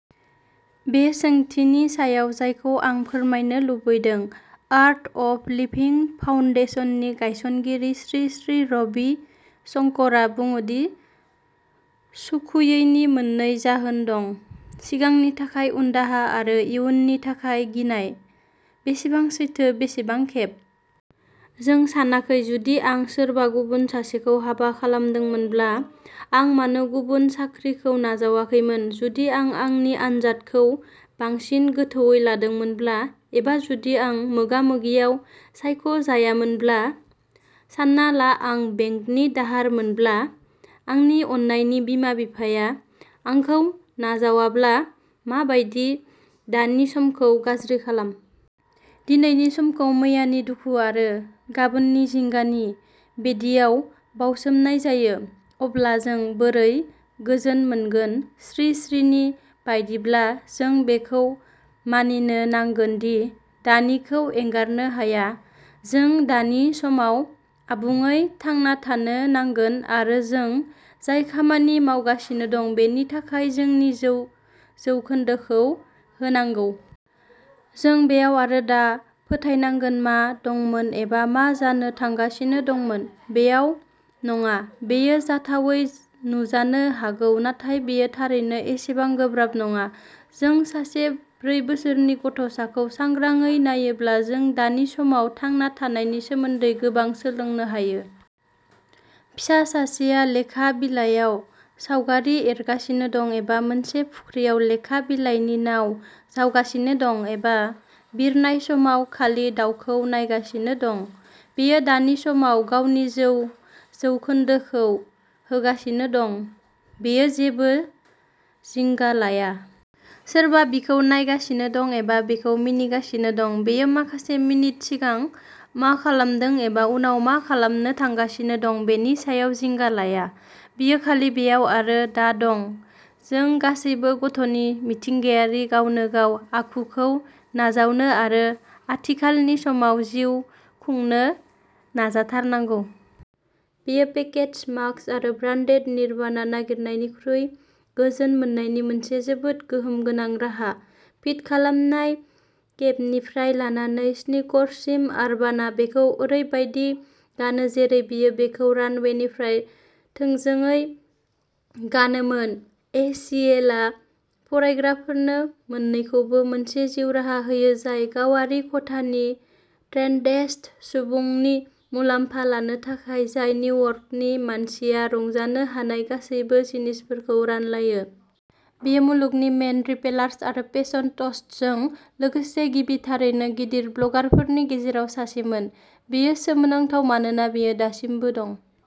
बे सोंथिनि सायाव जायखौ आं फोरमायनो लुबैदों। आर्ट अफ लिभिं फाउन्डेशननि गायसनगिरि श्री श्री रबि शंकरआ बुङो दि सुखुयैनि मोननै जाहोन दं। सिगांनि थाखाय उनदाहा आरो इयुननि थाखाय गिनाय। बेसेबां सैथो, बेसेबां खेब जों सानाखै जुदि आं सोरबा गुबुन सासेखौ हाबा खालामदोंमोनब्ला, आं मानो गुबुन साख्रिखौ नाजावाखैमोन, जुदि आं आंनि आनजादखौ बांसिन गोथौवै लादोंमोनब्ला एबा जुदि आं मोगा-मोगियाव सायख'जायामोनब्ला, सान्ना ला आं बेंकनि दाहार मोनाब्ला, आंनि अननायनि बिमा-बिफाया आंखौ नाजावाब्ला मा बायदि दानि समखौ गाज्रि खालाम। दिनैनि समखौ मैयानि दुखु आरो गाबोननि जिंगानि बेदियाव बावसोमनाय जायो। अब्ला जों बोरै गोजोन मोनगोन? श्री श्रीनि बायदिब्ला जों बेखौ मानिनो नांगोन दि दानिखौ एंगारनो हाया। जों दानि समाव आबुङै थांना थानो नांगोन आरो जों जाय खामानि मावगासिनो दं बिनि थाखाय जोंनि जौ जौखोन्दोखौ होनांगौ। जों बेयाव आरो दा फोथायनांगोन मा दंमोन एबा मा जानो थांगासिनो दंमोन बेयाव नङा। बेयो जाथावै नुजानो हागौ नाथाय बेयो थारैनो एसेबां गोब्राब नङा। जों सासे ब्रै बोसोरनि गथ'खौ सांग्राङै नायोब्ला जों दानि समाव थांना थानायनि सोमोन्दै गोबां सोलोंनो हायो। फिसा सासेआ लेखा बिलाइयाव सावगारि एरगासिनो दं, एबा मोनसे फुख्रियाव लेखा बिलाइनि नाव जावगासिनो दं एबा बिरनाय समाव खालि दाउखौ नायगासिनो दं। बियो दानि समाव गावनि जौ जौखोन्दोखौ होगासिनो दं। बियो जेबो जिंगा लाया। सोरबा बिखौ नायगासिनो दं एबा बिखौ मिनिगासिनो दं, बियो माखासे मिनिट सिगां मा खालामदों एबा उनाव मा खालामनो थांगासिनो दं बेनि सायाव जिंगा लाया। बियो खालि बेयाव आरो दा दं। जों गासैबो गथ'नि मिथिंगायारि, गावनोगाव आखुखौ नाजावनो आरो आथिखालनि समाव जिउ खुंनो नाजाथारनांगौ। बियो पेकेज्ड मक्सा आरो ब्रान्डेड निर्वाणा नागिरनायनिख्रुइ गोजोन मोन्नायनि मोनसे जोबोद गोहोम गोनां राहा। फिट खालामनाय केपनिफ्राय लानानै स्नीकर्ससिम, आर्बान'आ बेखौ ओरैबायदि गानो जेरै बियो बेखौ रानवेनिफ्राय थोंजोङै गानोमोन। ए. सि. एल. आ फरायग्राफोरनो मोन्नैखौबो मोनसे जिउ राहा होयो, जाय गावारि खथानि ट्रेन्डेस्ट सुबुंनि मुलाम्फा लानो थाखाय, जाय निउयर्कनि मानसिया रंजानो हानाय गासैबो जिनिसफोरखौ रानलायो। बियो मुलुगनि मेन रिपेलार्स आरो फेसन टस्टजों लोगोसे गिबि थारैनो गिदिर ब्लगारफोरनि गेजेराव सासेमोन। बियो गोसोनांथाव मानोना बियो दासिमबो दं।